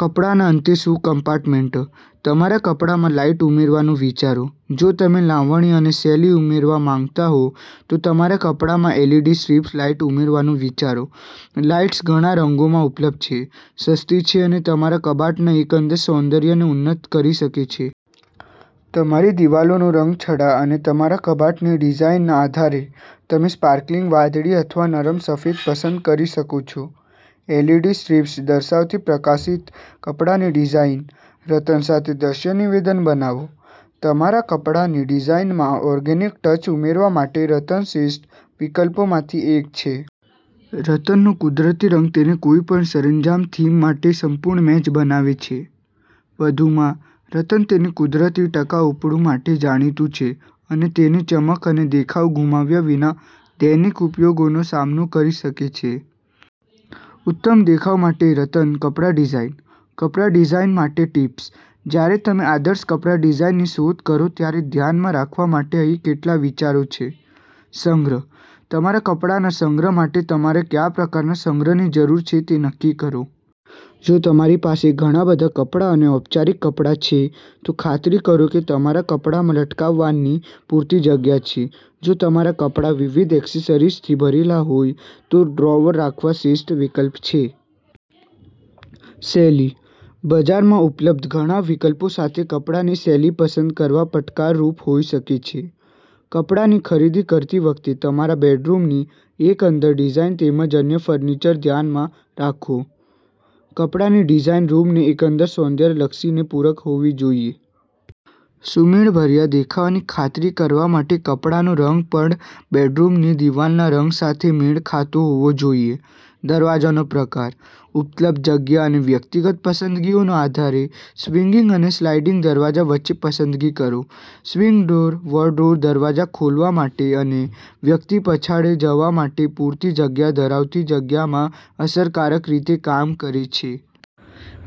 કપડાના અંતે shoe compartment. તમારા કપડામાં લાઇટ ઉમેરવાનું વિચારો. જો તમે લાવણ્ય અને શૈલી ઉમેરવા માંગતા હો, તો તમારા કપડામાં એલઇડી સ્ટ્રીપ લાઇટ ઉમેરવાનું વિચારો. લાઇટ્સ ઘણા રંગોમાં ઉપલબ્ધ છે, સસ્તી છે અને તમારા કબાટના એકંદર સૌંદર્યને ઉન્નત કરી શકે છે. તમારી દિવાલોના રંગછટા અને તમારા કબાટની ડિઝાઇનના આધારે, તમે સ્પાર્કલિંગ વાદળી અથવા નરમ સફેદ પસંદ કરી શકો છો. એલઇડી સ્ટ્રીપ્સ દર્શાવતી પ્રકાશિત કપડાની ડિઝાઇન. રતન સાથે દ્રશ્ય નિવેદન બનાવો. તમારા કપડાની ડિઝાઇનમાં ઓર્ગેનિક ટચ ઉમેરવા માટે રતન શ્રેષ્ઠ વિકલ્પોમાંથી એક છે. રતનનો કુદરતી રંગ તેને કોઈપણ સરંજામ થીમ માટે સંપૂર્ણ મેચ બનાવે છે. વધુમાં, રતન તેની કુદરતી ટકાઉપણું માટે જાણીતું છે અને તેની ચમક અને દેખાવ ગુમાવ્યા વિના દૈનિક ઉપયોગો નો સામનો કરી શકે છે. ઉત્તમ દેખાવ માટે રતન કપડા ડિઝાઇન. કપડા ડિઝાઇન માટે ટિપ્સ. જ્યારે તમે આદર્શ કપડા ડિઝાઇનની શોધ કરો ત્યારે ધ્યાનમાં રાખવા માટે અહીં કેટલાક વિચારો છે. સંગ્રહ. તમારા કપડાંના સંગ્રહ માટે તમારે કયા પ્રકારના સંગ્રહની જરૂર છે તે નક્કી કરો. જો તમારી પાસે ઘણાં બધાં કપડાં અને ઔપચારિક કપડાં છે, તો ખાતરી કરો કે તમારા કપડામાં લટકાવવાની પૂરતી જગ્યા છે. જો તમારા કપડા વિવિધ એક્સેસરીઝથી ભરેલા હોય, તો ડ્રોઅર રાખવા શ્રેષ્ઠ વિકલ્પ છે. શૈલી. બજારમાં ઉપલબ્ધ ઘણા વિકલ્પો સાથે કપડાની શૈલી પસંદ કરવી પડકારરૂપ હોઈ શકે છે. કપડાની ખરીદી કરતી વખતે તમારા બેડરૂમની એકંદર ડિઝાઇન તેમજ અન્ય ફર્નિચરને ધ્યાનમાં રાખો. કપડાની ડિઝાઇન રૂમના એકંદર સૌંદર્યલક્ષીને પૂરક હોવી જોઈએ. સુમેળભર્યા દેખાવની ખાતરી કરવા માટે કપડાનો રંગ પણ બેડરૂમની દિવાલના રંગ સાથે મેળ ખાતો હોવો જોઈએ. દરવાજાનો પ્રકાર. ઉપલબ્ધ જગ્યા અને વ્યક્તિગત પસંદગીઓના આધારે, સ્વિંગિંગ અને સ્લાઇડિંગ દરવાજા વચ્ચે પસંદગી કરો. સ્વિંગ ડોર વોર્ડરોબ દરવાજા ખોલવા માટે અને વ્યક્તિ પાછળ જવા માટે પૂરતી જગ્યા ધરાવતી જગ્યામાં અસરકારક રીતે કામ કરે છે.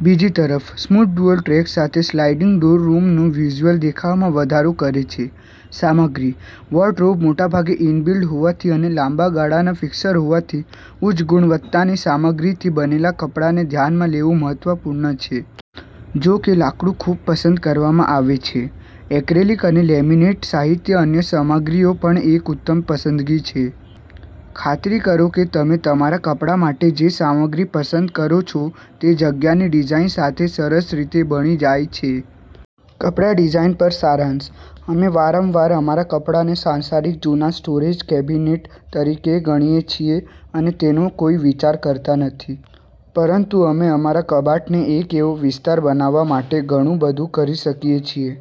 બીજી તરફ, સ્મૂધ ડ્યુઅલ ટ્રેક સાથે સ્લાઇડિંગ ડોર રૂમના વિઝ્યુઅલ દેખાવમાં વધારો કરે છે. સામગ્રી. વોર્ડરોબ મોટાભાગે ઇન-બિલ્ટ હોવાથી અને લાંબા ગાળાના ફિક્સર હોવાથી, ઉચ્ચ ગુણવત્તાની સામગ્રીથી બનેલા કપડાને ધ્યાનમાં લેવું મહત્વપૂર્ણ છે. જો કે લાકડું ખૂબ પસંદ કરવામાં આવે છે, એક્રેલિક અને લેમિનેટ સહિત અન્ય સામગ્રીઓ પણ એક ઉત્તમ પસંદગી છે. ખાતરી કરો કે તમે તમારા કપડા માટે જે સામગ્રી પસંદ કરો છો તે જગ્યાની ડિઝાઇન સાથે સરસ રીતે ભળી જાય છે. કપડા ડિઝાઇન પર સારાંશ. અમે વારંવાર અમારા કપડાને સાંસારિક જૂના સ્ટોરેજ કેબિનેટ તરીકે ગણીએ છીએ અને તેનો કોઈ વિચાર કરતા નથી. પરંતુ અમે અમારા કબાટને એક એવો વિસ્તાર બનાવવા માટે ઘણું બધું કરી શકીએ છીએ.